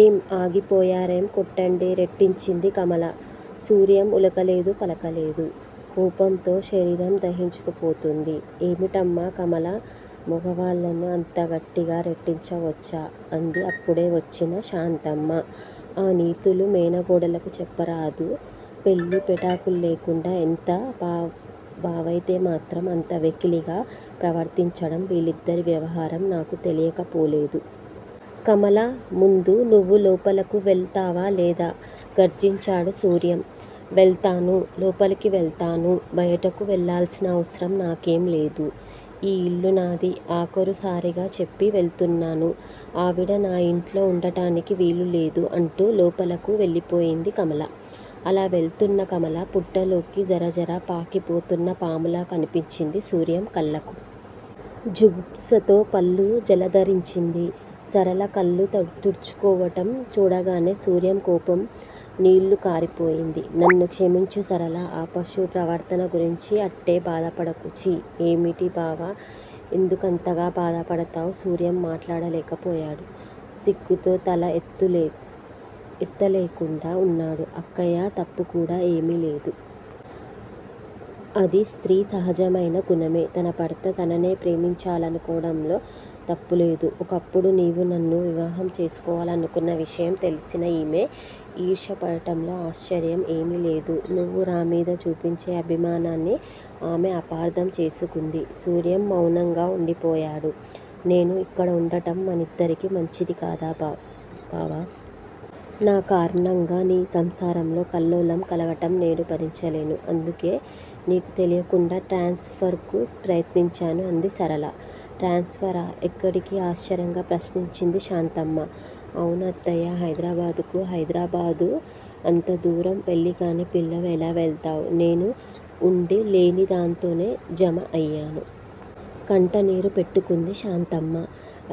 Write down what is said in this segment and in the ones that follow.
ఏం, ఆగిపోయారేం? కొట్టండి! రెట్టించింది కమల. సూర్యం ఉలకలేదు పలకలేదు. కోపంతో శరీరం దహించుకుపోతోంది. ఏమిటమ్మా కమలా మొగవాళ్ళను అంత గట్టిగా రెట్టించవచ్చా? అంది అప్పుడే వచ్చిన శాంతమ్మ. ఆ నీతులు మేనగోడలకు చెప్పరాదూ? పెళ్ళి పెటాకులు లేకుండా- ఎంత బావైతేమాత్రం అంత వెక్కిలిగా ప్రవర్తించడం- వీళ్ళిద్దరి వ్యవహారం నాకు తెలియక పోలేదు. కమలా ముందు నువ్వు లోపలకు వెళతావా లేదా? గర్జించాడు సూర్యం. వెళతాను. లోపలకి వెళతాను. బయటకు వెళ్ళాల్సిన అవసరం నాకేంలేదు. ఈ ఇల్లు నాది. ఆఖరుసారిగా చెప్పి వెళుతున్నాను, ఆవిడ నా ఇంట్లో ఉండటానికి వీలులేదు అంటూ లోపలకు వెళ్ళిపోయింది కమల. అలా వెళుతున్న కమల పుట్టలోకి జరజరా పాకిపోతున్న పాములా కనిపించింది సూర్యం కళ్ళకు. జుగుప్సతో వళ్ళు జలదరించింది. సరళ కళ్ళు తుడుచుకోవటం చూడగానే సూర్యం కోపం నీళ్ళు కారిపోయింది. నన్ను క్షమించు సరళా! ఆ పశువు ప్రవర్తన గురించి అట్టే బాధపడకు. ఛీ! ఏమిటి బావా, ఎందుకంతగా బాధపడతావు? సూర్యం మాట్లాడలేకపోయాడు. సిగ్గుతో తల ఎత్తలేకుండా ఉన్నాడు. అక్కయ్య తప్పుకూడా ఏమీలేదు. అది స్త్రీ సహజమైన గుణమే! తన భర్త తననే ప్రేమించాలనుకోవడంలో తప్పులేదు. ఒకప్పుడు నీవు నన్ను వివాహం చేసుకోవాలనుకున్న విషయం తెలిసిన ఈమె ఈర్ష్యపడటంలో ఆశ్చర్యం ఏమీలేదు. నువ్వు నామీద చూపించే అభిమానాన్ని ఆమె అపార్ధం చేసుకుంది సూర్యం మౌనంగా ఉండిపోయాడు. నేను ఇక్కడ ఉండటం మనిద్దరికీ మంచిదికాదా బావా! నా కారణంగా నీ సంసారంలో కల్లోలం కలగటం నేను భరించలేను. అందుకే నీకు తెలియకుండా ట్రాన్స్ ఫర్ కు ప్రయత్నించాను అంది సరళ. ట్రాన్స్ ఫరా? ఎక్కడికి? ఆశ్చర్యంగా ప్రశ్నించింది శాంతమ్మ. అవును అత్తయ్య! హైదరాబాదుకు. హైదరాబాదు! అంతదూరం పెళ్ళికాని పిల్లవు ఎలా వెళతావు? నేను ఉండీ లేనిదాంతోనే జమ అయ్యాను. కంట నీరు పెట్టుకుంది శాంతమ్మ.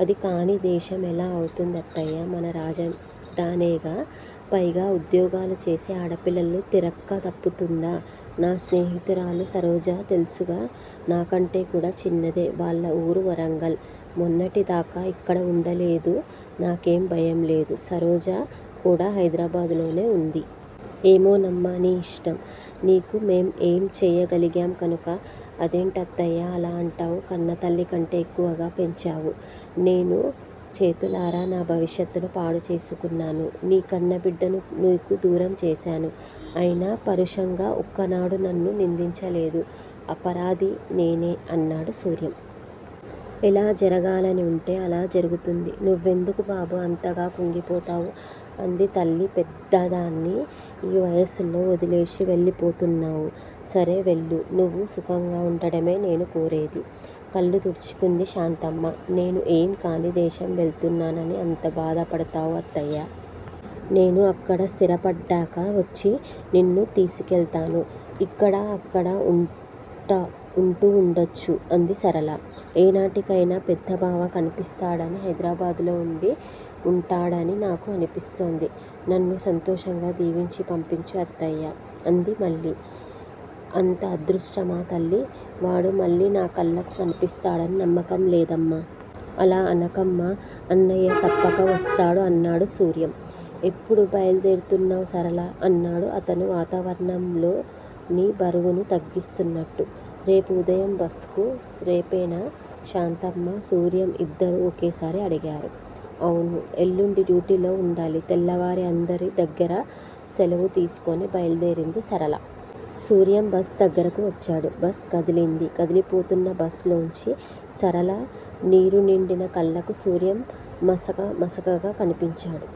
అది కానిదేశం ఎలా అవుతుంది అత్తయ్యా! మన రాజధానేగా? పైగా ఉద్యోగాలుచేసే ఆడపిల్లలు తిరక్క తప్పుతుందా? నా స్నేహితురాలు సరోజ తెల్సుగా? నాకంటేకూడా చిన్నదే. వాళ్ళ ఊరు వరంగల్. మొన్నటిదాకా ఇక్కడ వుండలేదూ? నాకేం భయం లేదు. సరోజ కూడా హైదరాబాదులోనే ఉంది. ఏమోనమ్మా, నీ ఇష్టం! నీకు మేం ఏం చెయ్యగలిగాం కనుక? అదేంటత్తయ్యా అలా అంటావు? కన్నతల్లికంటే ఎక్కువగా పెంచావు. నేను చేతులారా నా భవిష్యత్తును పాడు చేసుకున్నాను. నీ కన్నబిడ్డను నీకు దూరం చేశాను. అయినా పరుషంగా ఒక్కనాడూ నన్ను నిందించలేదు. అపరాధి నేనే! అన్నాడు సూర్యం. ఎలా జరగాలని ఉంటే అలా జరుగుతుంది. నువ్వెందుకు బాబూ అంతగా కుంగిపోతావు? అంది తల్లి. పెద్దదాన్ని, ఈ వయసులో వదిలేసి వెళ్ళిపోతున్నావు. సరే వెళ్ళు! నువ్వు సుఖంగా వుండడమే నేను కోరేది. కళ్ళు తుడుచుకుంది శాంతమ్మ. నేను ఏం కానిదేశం వెళుతున్నానని అంత బాధపడతావు అత్తయ్యా! నేను అక్కడ స్థిరపడ్డాక వచ్చి నిన్ను తీసుకెళతాను. ఇక్కడా అక్కడా ఉంటూవుండొచ్చు అంది సరళ. ఏనాటికైనా పెద్దబావ కన్పిస్తాడనీ, హైదరాబాదులో ఉండి ఉంటాడనీ నాకు అన్పిస్తోంది. నన్ను సంతోషంగా దీవించి పంపించు అత్తయ్యా! అంది మళ్ళీ. అంత అదృష్టమా తల్లీ! వాడు మళ్ళీ నా కళ్ళకు కన్పిస్తాడని నమ్మకం లేదమ్మా! అలా అనకమ్మా! అన్నయ్య తప్పక వస్తాడు! అన్నాడు సూర్యం. ఎప్పుడు బయలుదేరుతున్నావ్ సరళా? అన్నాడు అతను వాతావరణంలోని బరువును తగ్గిస్తున్నట్టు. రేపు ఉదయం బస్ కు. రేపేనా? శాంతమ్మా, సూర్యం ఇద్దరూ ఒకేసారి అడిగారు. అవును. ఎల్లుండి డ్యూటీలో ఉండాలి. తెల్లవారి అందరి దగ్గరా శెలవు తీసుకొని బయలుదేరింది సరళ. సూర్యం బస్ దగ్గరకు వచ్చాడు. బస్ కదిలింది. కదిలిపోతున్న బస్ లోనుంచి, సరళ నీరునిండిన కళ్ళకు సూర్యం మసక మసకగా కన్పించాడు.